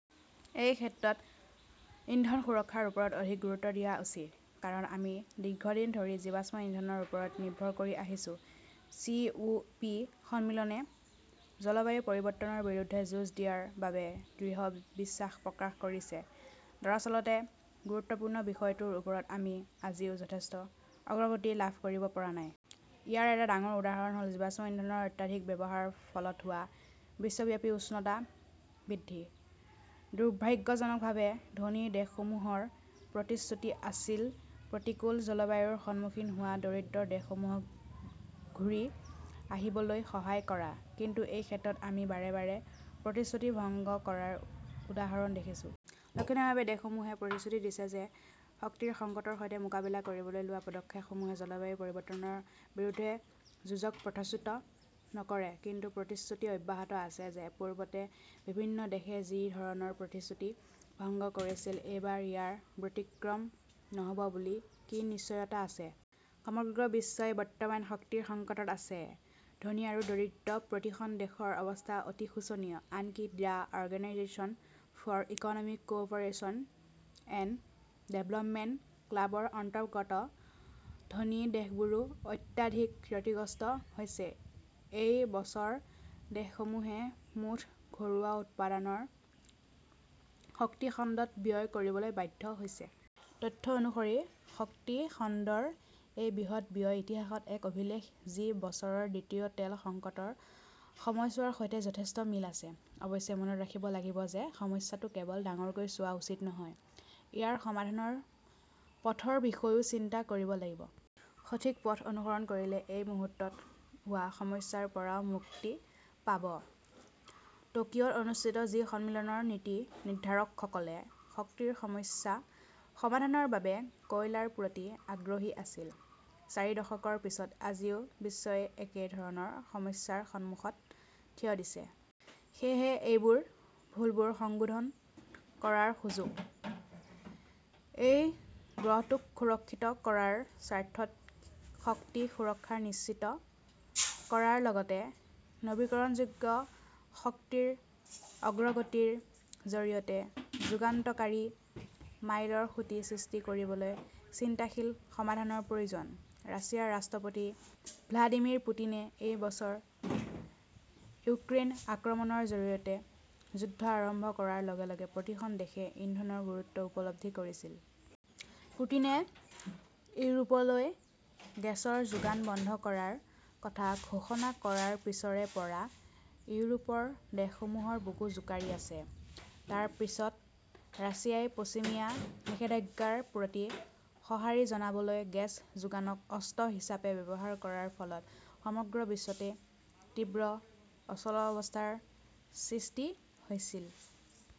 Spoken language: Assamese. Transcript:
এই ক্ষেত্ৰত ইন্ধন সুৰক্ষাৰ ওপৰত অধিক গুৰুত্ব দিয়া উচিত। কাৰণ, আমি দীৰ্ঘদিন ধৰি জীৱাশ্ম ইন্ধনৰ ওপৰত নিৰ্ভৰ কৰি আহিছো। চি.ও.পি. সন্মিলনে জলবায়ু পৰিৱৰ্তনৰ বিৰুদ্ধে যুঁজ দিয়াৰ বাবে দৃঢ় বিশ্বাস প্ৰকাশ কৰিছে। দৰাচলতে, গুৰুত্বপূৰ্ণ বিষয়টোৰ ওপৰত আমি আজিও যথেষ্ট অগ্ৰগতি লাভ কৰিব পৰা নাই। ইয়াৰ এটা ডাঙৰ উদাহৰণ হ'ল জীৱাশ্ম ইন্ধনৰ অত্যাধিক ব্যৱহাৰৰ ফলত হোৱা বিশ্বব্যাপী উষ্ণতা বৃদ্ধি। দুৰ্ভাগ্যজনকভাৱে, ধনী দেশসমূহৰ প্ৰতিশ্ৰুতি আছিল-প্ৰতিকূল জলবায়ুৰ সন্মুখীন হোৱা দৰিদ্ৰ দেশসমূহক ঘূৰি আহিবলৈ সহায় কৰা। কিন্তু এই ক্ষেত্ৰত আমি বাৰে বাৰে প্ৰতিশ্ৰুতি ভংগ কৰাৰ উদাহৰণ দেখিছো। লক্ষণীয়ভাৱে, দেশসমূহে প্ৰতিশ্ৰুতি দিছে যে শক্তিৰ সংকটৰ সৈতে মোকাবিলা কৰিবলৈ লোৱা পদক্ষেপসমূহে জলবায়ু পৰিৱৰ্তনৰ বিৰুদ্ধে যুঁজক পথচ্যুত নকৰে। কিন্তু প্ৰতিশ্ৰুতি অব্যাহত আছে যে পূৰ্বতে বিভিন্ন দেশে যি ধৰণৰ প্ৰতিশ্ৰুতি ভংগ কৰিছিল, এইবাৰ ইয়াৰ ব্যতিক্ৰম নহ'ব বুলি কি নিশ্চয়তা আছে? সমগ্ৰ বিশ্বই বৰ্তমান শক্তিৰ সংকটত আছে। ধনী আৰু দৰিদ্ৰ প্ৰতিখন দেশৰ অৱস্থা অতি শোচনীয়। আনকি the organisation for economic cooperation and development ক্লাবৰ অন্তৰ্গত ধনী দেশবোৰো অত্যাধিক ক্ষতিগ্ৰস্ত হৈছে। এই বছৰ দেশসমূহে মুঠ ঘৰুৱা উৎপাদনৰ শক্তি খণ্ডত ব্যয় কৰিবলৈ বাধ্য হৈছে। তথ্য অনুসৰি, শক্তি খণ্ডৰ এই বৃহৎ ব্যয় ইতিহাসত এক অভিলেখ, যি বছৰৰ দ্বিতীয় তেল সংকটৰ সময়ছোৱাৰ সৈতে যথেষ্ট মিল আছে। অৱশ্যে মনত ৰাখিব লাগিব যে সমস্যাটো কেৱল ডাঙৰকৈ চোৱা উচিত নহয়। ইয়াৰ সমাধানৰ পথৰ বিষয়েও চিন্তা কৰিব লাগিব। সঠিক পথ অনুসৰণ কৰিলে এই মুহূৰ্তত হোৱা সমস্যাৰ পৰাও মুক্তি পাব। টকিঅ'ত অনুষ্ঠিত জি সন্মিলনৰ নীতি নিৰ্ধাৰকসকলে শক্তিৰ সমস্যা সমাধানৰ বাবে কয়লাৰ প্ৰতি আগ্ৰহী আছিল। চাৰি দশকৰ পিছত আজিও বিশ্বই একে ধৰণৰ সমস্যাৰ সন্মুখত থিয় দিছে। সেয়েহে, এইবাৰ ভুলবোৰ সংশোধন কৰাৰ সুযোগ। এই গ্ৰহটোক সুৰক্ষিত কৰাৰ স্বাৰ্থত শক্তি সুৰক্ষা নিশ্চিত কৰাৰ লগতে নৱীকৰণযোগ্য শক্তিৰ অগ্ৰগতিৰ জৰিয়তে যুগান্তকাৰী মাইলৰ খুঁটি সৃষ্টি কৰিবলৈ চিন্তাশীল সমাধানৰ প্ৰয়োজন। ৰাছিয়াৰ ৰাষ্ট্ৰপতি ভ্লাদিমিৰ পুটিনে এই বছৰ ইউক্ৰেইন আক্ৰমণৰ জৰিয়তে যুদ্ধ আৰম্ভ কৰাৰ লগে লগে প্ৰতিখন দেশে ইন্ধনৰ গুৰুত্ব উপলব্ধি কৰিছিল। পুটিনে ইউৰোপলৈ গেছৰ যোগান বন্ধ কৰাৰ কথা ঘোষণা কৰাৰ পিছৰে পৰা ইউৰোপৰ দেশসমূহৰ বুকু জোকাৰি আছে। তাৰ পিছত ৰাছিয়াই পশ্চিমীয়া নিষেধাজ্ঞাৰ প্ৰতি সঁহাৰি জনাবলৈ গেছ যোগানক 'অস্ত্ৰ' হিচাপে ব্যৱহাৰ কৰাৰ ফলত সমগ্ৰ বিশ্বতে তীব্ৰ অচলাবস্থাৰ সৃষ্টি হৈছিল।